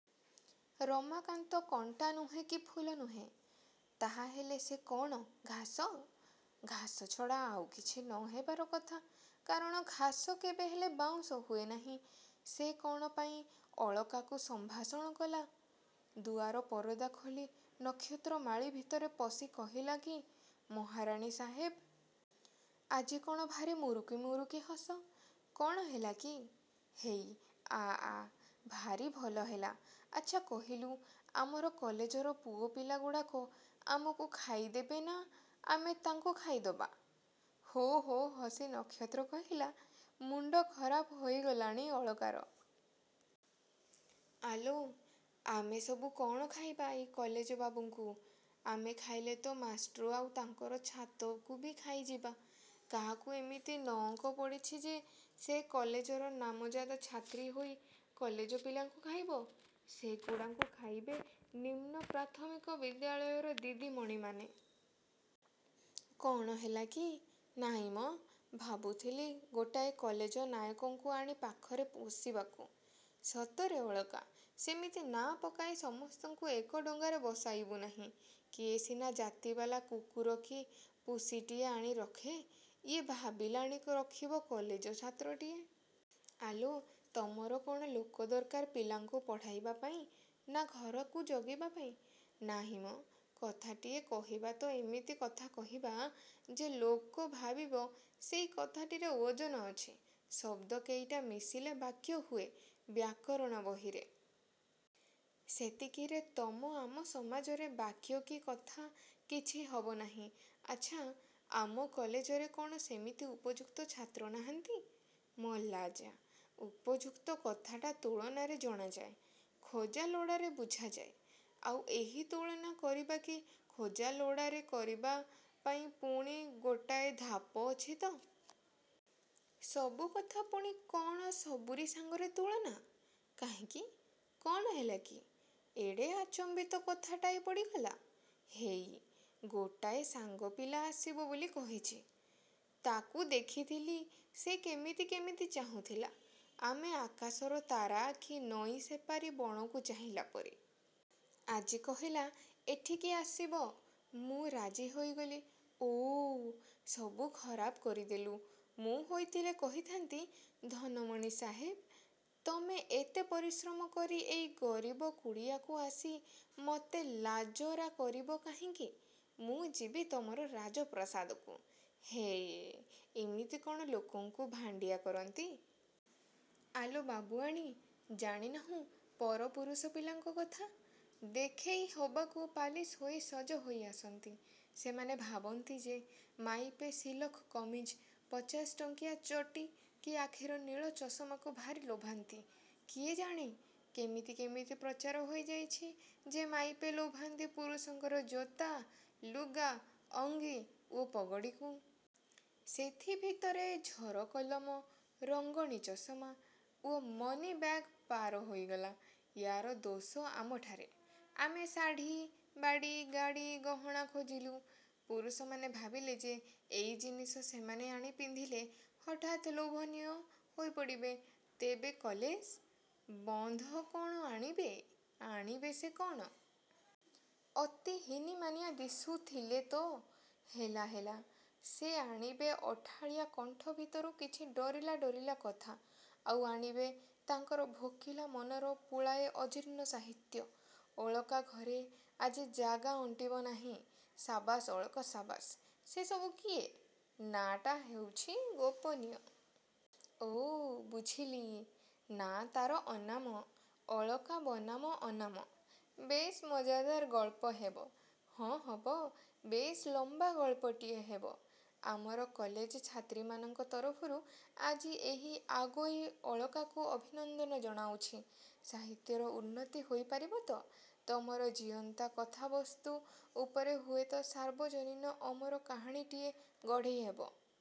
ରମାକାନ୍ତ କଣ୍ଟା ନୁହେଁ କି ଫୁଲ ନୁହେଁ। -ତାହାହେଲେ ସେ କ'ଣ ଘାସ? -ଘାସ ଛଡ଼ା ଆଉ କିଛି ନ ହେବାର କଥା। କାରଣ ଘାସ କେବେହେଲେ ବାଉଁଶ ହୁଏ ନାହିଁ। ସେ କ'ଣ ପାଇଁ ଅଳକାକୁ ସମ୍ଭାଷଣ କଲା? ଦୁଆର ପରଦା ଖୋଲି ନକ୍ଷତ୍ରମାଳୀ ଭିତରେ ପଶି କହିଲା-କି ମହାରାଣୀ ସାହେବ। ଆଜି କ'ଣ ଭାରି ମୁରୁକି ମୁରୁକି ହସ? -କ'ଣ ହେଲା କି? -ହେଇ ଆ-ଆ। ଭାରି ଭଲ ହେଲା। ଆଛା କହିଲୁ ଆମର କଲେଜର ପୁଅ ପିଲାଗୁଡ଼ାକ ଆମକୁ ଖାଇଦେବେ ନା ଆମେ ତାଙ୍କୁ ଖାଇଦବା? ହୋ ହୋ ହସି ନକ୍ଷତ୍ର କହିଲା-ମୁଣ୍ଡ ଖରାପ ହୋଇଗଲାଣି ଅଳକାର? ଆଲୋ, ଆମେ ସବୁ କ'ଣ ଖାଇବା ଏଇ କଲେଜ ବାବୁଙ୍କୁ? -ଆମେ ଖାଇଲେ ତ ମାଷ୍ଟ୍ର ଆଉ ତାଙ୍କର ଛାତକୁ ବି ଖାଇଯିବା? -କାହାକୁ ଏମିତି ନଅଙ୍କ ପଡ଼ିଛି ଯେ ସେ କଲେଜର ନାମଯାଦା ଛାତ୍ରୀ ହୋଇ କଲେଜ ପିଲାଙ୍କୁ ଖାଇବ? ସେଗୁଡ଼ାଙ୍କୁ ଖାଇବେ ନିମ୍ନ ପ୍ରାଥମିକ ବିଦ୍ୟାଳୟର ଦିଦିମଣିମାନେ। କ'ଣ ହେଲା କି? -ନାହିଁ ମ। ଭାବୁଥିଲି ଗୋଟାଏ କଲେଜ ନାୟକକୁ ଆଣି ପାଖରେ ପୋଷିବାକୁ। -ସତରେ ଅଳକା, ସେମିତି ନାଁ ପକାଇ ସମସ୍ତଙ୍କୁ ଏକା ଡଙ୍ଗାରେ ବସାଇବୁ ନାହିଁ। କିଏ ସିନା ଜାତିବାଲା କୁକୁର କି ପୁସିଟିଏ ଆଣି ରଖେ। ଇଏ ଭାବିଲାଣି ରଖିବ କଲେଜ ଛାତ୍ରଟିଏ-। ଆଲୋ, ତମର କ'ଣ ଲୋକ ଦରକାର ପିଲାଙ୍କୁ ପଢ଼ାଇବା ପାଇଁ ନା ଘରକୁ ଜଗିବା ପାଇଁ-? -ନାହିଁ ମ। -କଥାଟିଏ କହିବା ତ ଏମିତି କଥା କହିବା ଯେ ଲୋକ ଭାବିବ ସେଇ କଥାଟିରେ ଓଜନ ଅଛି। ଶବ୍ଦ କେଇଟା ମିଶିଲେ ବାକ୍ୟ ହୁଏ ବ୍ୟାକରଣ ବହିରେ। ସେତିକିରେ ତମ ଆମ ସମାଜରେ ବାକ୍ୟ କି କଥା, କିଛି ହବ ନାହିଁ। -ଆଛା, ଆମ କଲେଜରେ କ'ଣ ସେମିତି ଉପଯୁକ୍ତ ଛାତ୍ର ନାହାନ୍ତି? -ମଲା ଯା। ଉପଯୁକ୍ତ କଥାଟା ତୁଳନାରେ ଜଣାଯାଏ। ଖୋଜା ଲୋଡ଼ାରେ ବୁଝାଯାଏ-। ଆଉ ଏହି ତୁଳନା କରିବା କି ଖୋଜାଲୋଡ଼ାରେ କରିବା ପାଇଁ ପୁଣି ଗୋଟାଏ ଧାପ ଅଛି ତ-। ସବୁ କଥା ପୁଣି କ'ଣ ସବୁରି ସାଙ୍ଗରେ ତୁଳନା? କାହିଁକି, କଣ ହେଲାକି? ଏଡ଼େ ଆଚମ୍ୱିତ କଥାଟାଏ ପଡ଼ିଗଲା? -ହେଇ, ଗୋଟାଏ ସାଙ୍ଗପିଲା ଆସିବ ବୋଲି କହିଛି। ତା'କୁ ଦେଖିଥିଲି ସେ କେମିତି କେମିତି ଚାହୁଁଥିଲା-ଆମେ ଆକାଶର ତାରା କି ନଈ ସେପାରି ବଣକୁ ଚାହିଁଲା ପରି। ଆଜି କହିଲା-ଏଠିକି ଆସିବ। ମୁଁ ରାଜି ହୋଇଗଲି। ଓଃ, ସବୁ ଖରାପ କରିଦେଲୁ। ମୁଁ ହୋଇଥିଲେ କହିଥା'ନ୍ତି-ଧନମଣି ସାହେବ, ତମେ ଏତେ ପରିଶ୍ରମ କରି ଏଇ ଗରିବ କୁଡ଼ିଆକୁ ଆସି ମତେ ଲାଜରା କରିବ କାହିଁକି? ମୁଁ ଯିବି ତମର ରାଜପ୍ରାସାଦକୁ। -ହେଃ, ଏମିତି କ'ଣ ଲୋକଙ୍କୁ ଭାଣ୍ଡିଆ କରନ୍ତି? -ଆଲୋ ବାବୁଆଣୀ। ଜାଣିନାହୁଁ ପରପୁରୁଷ ପିଲାଙ୍କ କଥା। ଦେଖେଇ ହବାକୁ ପାଲିସ୍ ହୋଇ ସଜ ହୋଇ ଆସନ୍ତି। ସେମାନେ ଭାବନ୍ତି ଯେ ମାଇପେ ସିଲକ୍ କମିଜ, ପଚାଶ ଟଙ୍କିଆ ଚଟି କି ଆଖିର ନୀଳ ଚଷମାକୁ ଭାରି ଲୋଭାନ୍ତି। -କିଏ ଜାଣେ? କେମିତି କେମିତି ପ୍ରଚାର ହୋଇଯାଇଛି ଯେ ମାଇପେ ଲୋଭାନ୍ତି ପୁରୁଷଙ୍କର ଜୋତା, ଲୁଗା, ଅଙ୍ଗୀ ଓ ପଗଡ଼ିକୁ। ସେଥିଭିତରେ ଝରକଲମ, ରଙ୍ଗଣୀ ଚଷମା ଓ ମନିବ୍ୟାଗ ପାର ହୋଇଗଲା। -ୟା'ର ଦୋଷ ଆମଠାରେ। ଆମେ ଶାଢ଼ୀ, ବାଡ଼ି, ଗାଡ଼ି, ଗହଣା ଖୋଜିଲୁ। ପୁରୁଷମାନେ ଭାବିଲେ ଯେ, ଏଇ ଜିନିଷ ସେମାନେ ଆଣି ପିନ୍ଧିଲେ ହଠାତ୍ ଲୋଭନୀୟ ହୋଇପଡ଼ିବେ। ତେବେ କଲେଜ-ବନ୍ଧ କ'ଣ ଆଣିବେ? -ଆଣିବେ ସେ କ'ଣ? ଅତି ହୀନିମାନିଆ ଦିଶୁଥିଲେ ତ। -ହେଲା-ହେଲା ସେ ଆଣିବେ ଅଠାଳିଆ କଣ୍ଠ ଭିତରୁ କିଛି ଡରିଲା ଡରିଲା କଥା ଆଉ ଆଣିବେ ତାଙ୍କର ଭୋକିଲା ମନର ପୁଳାଏ ଅଜୀର୍ଣ୍ଣ ସାହିତ୍ୟ ଅଳକା ଘରେ ଆଜି ଜାଗା ଅଣ୍ଟିବ ନାହିଁ। ସାବାସ୍-ଅଳକା-ସାବାସ୍। ସେ ସବୁ କିଏ? -ନାଁ ଟା ହେଉଛି ଗୋପନୀୟ। -ଓଃ, ବୁଝିଲି। ନାଁ ତାର ଅନାମ। ଅଳକା ବନାମ ଅନାମ-ବେଶ୍ ମଜ୍ଜାଦାର ଗଳ୍ପ ହେବ। -ହଁ, ହବ, ବେଶ୍ ଲମ୍ୱା ଗଳ୍ପଟିଏ ହେବ। -ଆମର କଲେଜ ଛାତ୍ରୀମାନଙ୍କ ତରଫରୁ ଆଜି ଏହି ଆଗୋଇ ଅଳକାକୁ ଅଭିନନ୍ଦନ ଜଣାଉଛି। ସାହିତ୍ୟର ଉନ୍ନତି ହୋଇ ପାରିବ ତ। ତମର ଜୀଅନ୍ତା କଥାବସ୍ତୁ ଉପରେ ହୁଏତ ସାର୍ବଜନୀନ ଅମର କାହାଣୀଟିଏ ଗଢ଼ି ହେବ।